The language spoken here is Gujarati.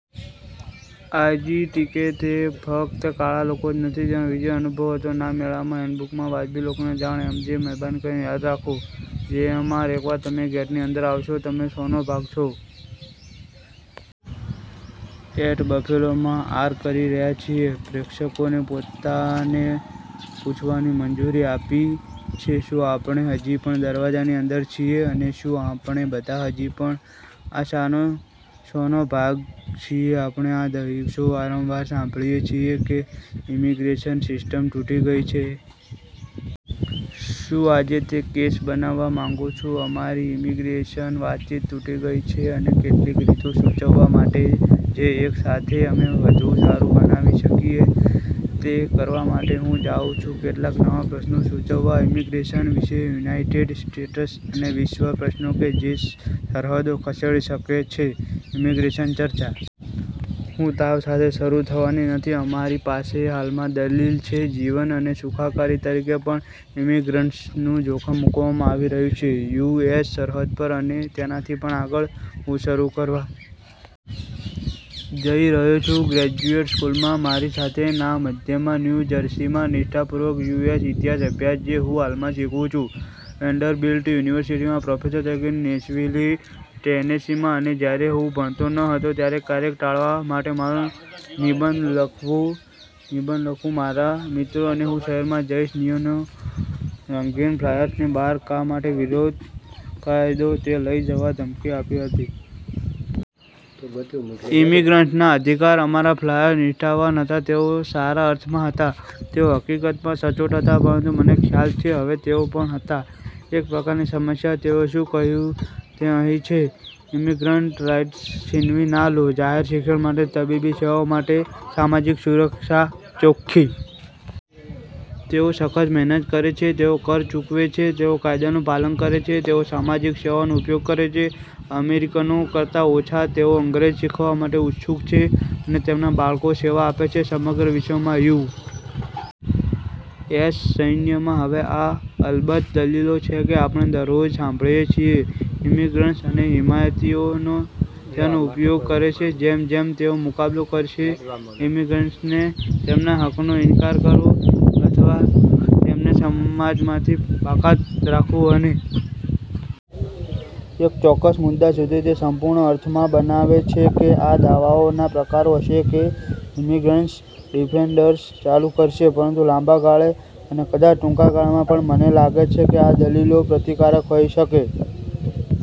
આયજીટીકે: તે ફક્ત કાળા લોકો જ નથી જેનો વિચિત્ર અનુભવ હતો ના મેળામાં. હેન્ડબુક માં વાજબી લોકોને જાણ એમજે: મહેરબાની કરીને યાદ રાખો. જેએમઆર: એકવાર તમે ગેટની અંદર આવશો, તમે શોનો ભાગ છો. એટ બફેલો માં આર્ક કરી રહ્યા છીએ પ્રેક્ષકોને પોતાને પૂછવાની મંજૂરી આપે છે, શું આપણે હજી પણ દરવાજાની અંદર છીએ અને શું આપણે બધા હજી પણ આ શોનો ભાગ છીએ? આપણે આ દિવસો વારંવાર સાંભળીએ છીએ કે ઇમિગ્રેશન સિસ્ટમ તૂટી ગઈ છે. હું આજે તે કેસ બનાવવા માંગું છું. અમારી ઇમિગ્રેશન વાતચીત તૂટી ગઈ છે અને કેટલીક રીતો સૂચવવા માટે, જે એક સાથે, અમે વધુ સારું બનાવી શકીએ. તે કરવા માટે, હું જાઉં છું કેટલાક નવા પ્રશ્નો સૂચવવા ઇમિગ્રેશન વિશે, યુનાઇટેડ સ્ટેટ્સ અને વિશ્વ, પ્રશ્નો કે જે સરહદો ખસેડી શકે છે ઇમિગ્રેશન ચર્ચા. હું તાવ સાથે શરૂ થવાની નથી અમારી પાસે હાલમાં દલીલ છે, જીવન અને સુખાકારી તરીકે પણ ઇમિગ્રન્ટ્સનું જોખમ મુકવામાં આવી રહ્યું છે. યુ. એસ. સરહદ પર અને તેનાથી પણ આગળ. હું શરૂ કરવા જઇ રહ્યો છું ગ્રેજ્યુએટ સ્કૂલમાં મારી સાથે ના મધ્યમાં ન્યુ જર્સીમાં, નિષ્ઠાપૂર્વક યુએસ ઇતિહાસ અભ્યાસ, જે હું હાલમાં શીખવું છું, વેન્ડરબિલ્ટ યુનિવર્સિટીમાં પ્રોફેસર તરીકે નેશવિલે, ટેનેસીમાં અને જ્યારે હું ભણતો ન હતો, ક્યારેક ટાળવા માટે મારો નિબંધ લખવું, મારા મિત્રો અને હું શહેરમાં જઇશ નિયોન-રંગીન ફ્લાયર્સને બહાર કા માટે, વિરોધ કાયદો તે લઈ જવા ધમકી આપી હતી. ઇમિગ્રન્ટ્સના અધિકાર. અમારા ફ્લાયર્સ નિષ્ઠાવાન હતા, તેઓ સારા અર્થમાં હતા, તેઓ હકીકતમાં સચોટ હતા, પરંતુ મને ખ્યાલ છે હવે, તેઓ પણ હતા એક પ્રકારની સમસ્યા. તેઓએ શું કહ્યું તે અહીં છે: "ઇમિગ્રન્ટ રાઇટ્સ છીનવી ના લો જાહેર શિક્ષણ માટે, તબીબી સેવાઓ માટે, સામાજિક સુરક્ષા ચોખ્ખી. તેઓ સખત મહેનત કરે છે. તેઓ કર ચૂકવે છે. તેઓ કાયદાનું પાલન કરે છે. તેઓ સામાજિક સેવાઓનો ઉપયોગ કરે છે અમેરિકનો કરતા ઓછા. તેઓ અંગ્રેજી શીખવા માટે ઉત્સુક છે, અને તેમના બાળકો સેવા આપે છે સમગ્ર વિશ્વમાં યુ. એસ. સૈન્યમાં. હવે, આ, અલબત્ત, દલીલો છે કે આપણે દરરોજ સાંભળીએ છીએ. ઇમિગ્રન્ટ્સ અને હિમાયતીઓ તેનો ઉપયોગ કરે છે જેમ- જેમ તેઓ મુકાબલો કરશે ઇમિગ્રન્ટ્સને તેમના હકનો ઇનકાર કરો અથવા તેમને સમાજમાંથી બાકાત રાખવું. અને એક ચોક્કસ મુદ્દા સુધી, તે સંપૂર્ણ અર્થમાં બનાવે છે કે આ દાવાઓનાં પ્રકારો હશે કે ઇમિગ્રન્ટ્સ ડિફેન્ડર્સ ચાલુ કરશે, પરંતુ લાંબા ગાળે અને કદાચ ટૂંકા ગાળામાં પણ, મને લાગે છે કે આ દલીલો પ્રતિકારક હોઈ શકે.